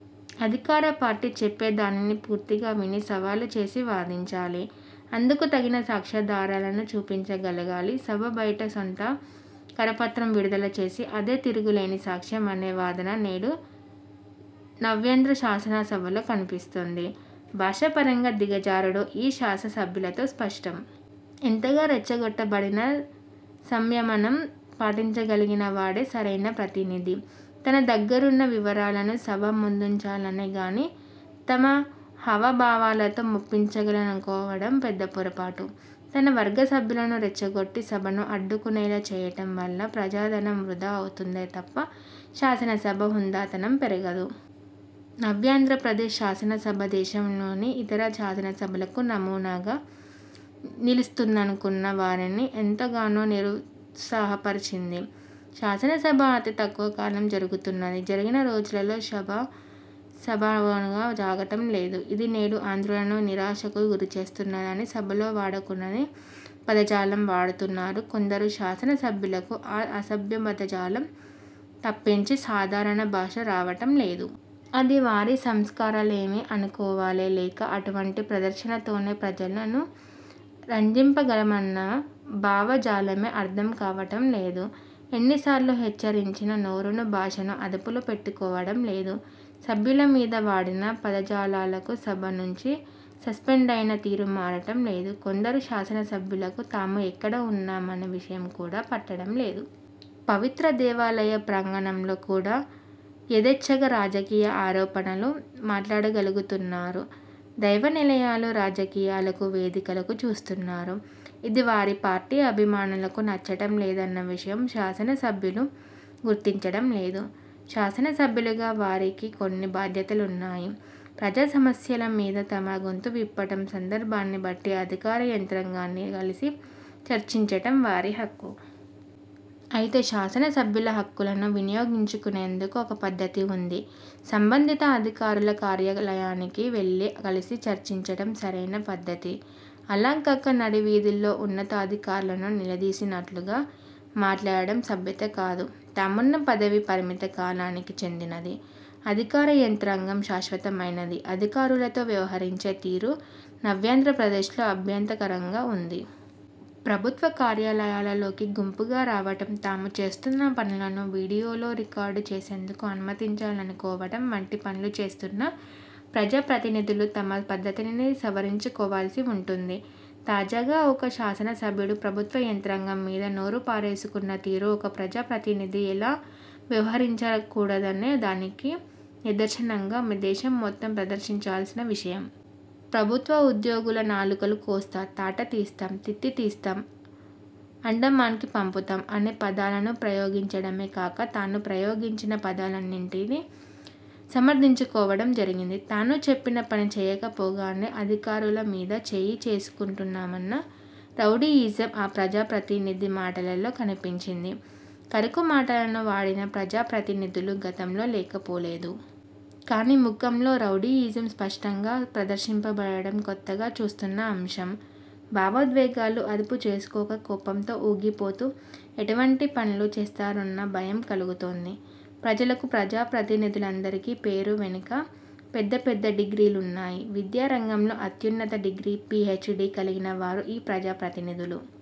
అధికార పార్టీ చెప్పేదానిని పూర్తిగా విని, సవాలు చేసి వాదించాలి. అందుకు తగిన సాక్ష్యాధారాలను చూపించగలగాలి. సభ బయట సొంత కరపత్రం విడుదల చేసి అదే తిరుగులేని సాక్ష్యం అనే వాదన నేడు నవ్యాంధ్ర శాసనసభలో కనిపిస్తున్నది. భాషాపరంగా దిగజారుడు ఈ శాసన సభ్యులలో స్పష్టం. ఎంతగా రెచ్చగొట్టబడినా సంయమనం పాటించగలిగినవాడే సరైన ప్రతినిధి. తన దగ్గరున్న వివరాలను సభ ముందుంచాలే గానీ తన హవభావాలతో మెప్పించగలననుకోవడం పెద్ద పొరపాటు. తన వర్గ సభ్యులను రెచ్చగొట్టి, సభను అడ్డుకునేలా చేయటం వల్ల ప్రజాధనం వృధా అవుతుందే తప్ప శాసన సభ హుందాతనం పెరగదు. నవ్యాంధ్రప్రదేశ్ శాసనసభ దేశంలోని ఇతర శాసనసభలకు నమూనాగా నిలుస్తుందనుకున్న వారిని ఎంతగానో నిరుత్సాహపరిచింది. శాసనసభ అతి తక్కువ కాలం జరుగుతున్నది. జరిగిన రోజులలో సభ సజావుగా సాగటం లేదు. ఇది నేడు ఆంధ్రులను నిరాశకు గురిచేస్తున్నది. సభలో వాడకూడని పదజాలం వాడుతున్నారు. కొందరు శాసనసభ్యులకు ఆ అసభ్య పదజాలం తప్పించి సాధారణ భాష రావటం లేదు. అది వారి సంస్కారలేమి అనుకోవాలో లేక అటువంటి ప్రదర్శనతోనే ప్రజలను రంజింపగలమన్న భావజాలమో అర్థం కావటం లేదు. ఎన్నిసార్లు హెచ్చరించినా నోరును, భాషను అదుపులో పెట్టుకోవటం లేదు. సభ్యుల మీద వాడిన పదజాలాలకు సభ నుంచి సస్సెండయినా తీరు మారటం లేదు. కొందరు శాసనసభ్యులకు తాము ఎక్కడ ఉన్నామనే విషయం కూడా పట్టడం లేదు. పవిత్ర దేవాలయ ప్రాంగణంలో కూడా యధేచ్ఛగా రాజకీయ ఆరోపణలు మాట్లాడగలుగుతున్నారు. దైవ నిలయాలు రాజకీయాలకు వేదికలు చేస్తున్నారు. ఇది వారి పార్టీ అభిమానులకు నచ్చటం లేదన్న విషయం శాసనసభ్యులు గుర్తించటంలేదు. శాసన సభ్యులుగా వారికి కొన్ని బాధ్యతలున్నాయి. ప్రజా సమస్యల మీద తమ గొంతు విప్పటం, సందర్భాన్ని బట్టి అధికార యంత్రాంగాన్ని కలిసి చర్చించటం వారి హక్కు. అయితే శాసనసభ్యుల హక్కులను వినియోగించుకునేందుకు ఒక పద్ధతి వుంది. సంబంధిత అధికారుల కార్యాలయానికి వెళ్ళి కలసి చర్చించటం సరైన పద్ధతి. అలం కక నడి వీధిలో ఉన్నతాధికారులను నిలదీసినట్లుగా మాట్లాడటం సభ్యత కాదు. తామున్న పదవి పరిమిత కాలానికి చెందినది. అధికార యంత్రాంగం శాశ్వతమైనది. అధికారులతో వ్యవహరించే తీరు నవ్యాంధ్రప్రదేశ్లో అభ్యంతరకరంగా వుంది. ప్రభుత్వ కార్యాలయాలలోకి గుంపుగా రావటం, తాము చేస్తున్న పనులను వీడియోలో రికార్డు చేసేందుకు అనుమతించాలనుకోవటం వంటి పనులు చేస్తున్న ప్రజా ప్రజాప్రతినిధులు తమ పద్ధతిని సవరించుకోవాల్సి వుంటుంది. తాజాగా ఒక శాసన సభ్యుడు ప్రభుత్వ యంత్రాంగం మీద నోరుపారేసుకున్న తీరు ఒక ప్రజాప్రతినిధి ఎలా వ్యవహరించకూడదనే దానికి నిదర్శనంగా దేశం మొత్తం ప్రదర్శించాల్సిన విషయం. ప్రభుత్వ ఉద్యోగుల నాలుకలు కోస్తా, తాట తీస్తాం, తిత్తి తీస్తాం, అండమాన్కి పంపుతాం అనే పదాలను ప్రయోగించడమే కాక తాను ప్రయోగించిన పదాలన్నింటినీ సమర్థించుకోవటం జరిగింది. తాను చెప్పిన పని చేయకపోగానే అధికారుల మీద చేయి చేసుచేసుకుంటామన్న రౌడీయిజం ఆ ప్రజాప్రతినిధి మాటలలో కనిపించింది. కరుకు మాటలను వాడిన ప్రజాప్రతినిధులు గతంలో లేకపోలేదు. కానీ ముఖంలో రౌడీయిజం స్పష్టంగా ప్రదర్శింపబడడం కొత్తగా చూస్తున్న అంశం. భావోద్వేగాలు అదుపు చేసుకోక, కోపంతో ఊగిపోతూ, ఎటువంటి పనులు చేస్తారోన్న భయం కలుగుతోంది ప్రజలకు. ప్రజాప్రతినిధులందరి పేరు వెనక పెద్ద పెద్ద డిగ్రీలున్నాయి. విద్యారంగంలో అత్యున్నత డిగ్రీ, పి. హెచ్. డి. కలిగిన వారు ఈ ప్రజా ప్రతినిధులు.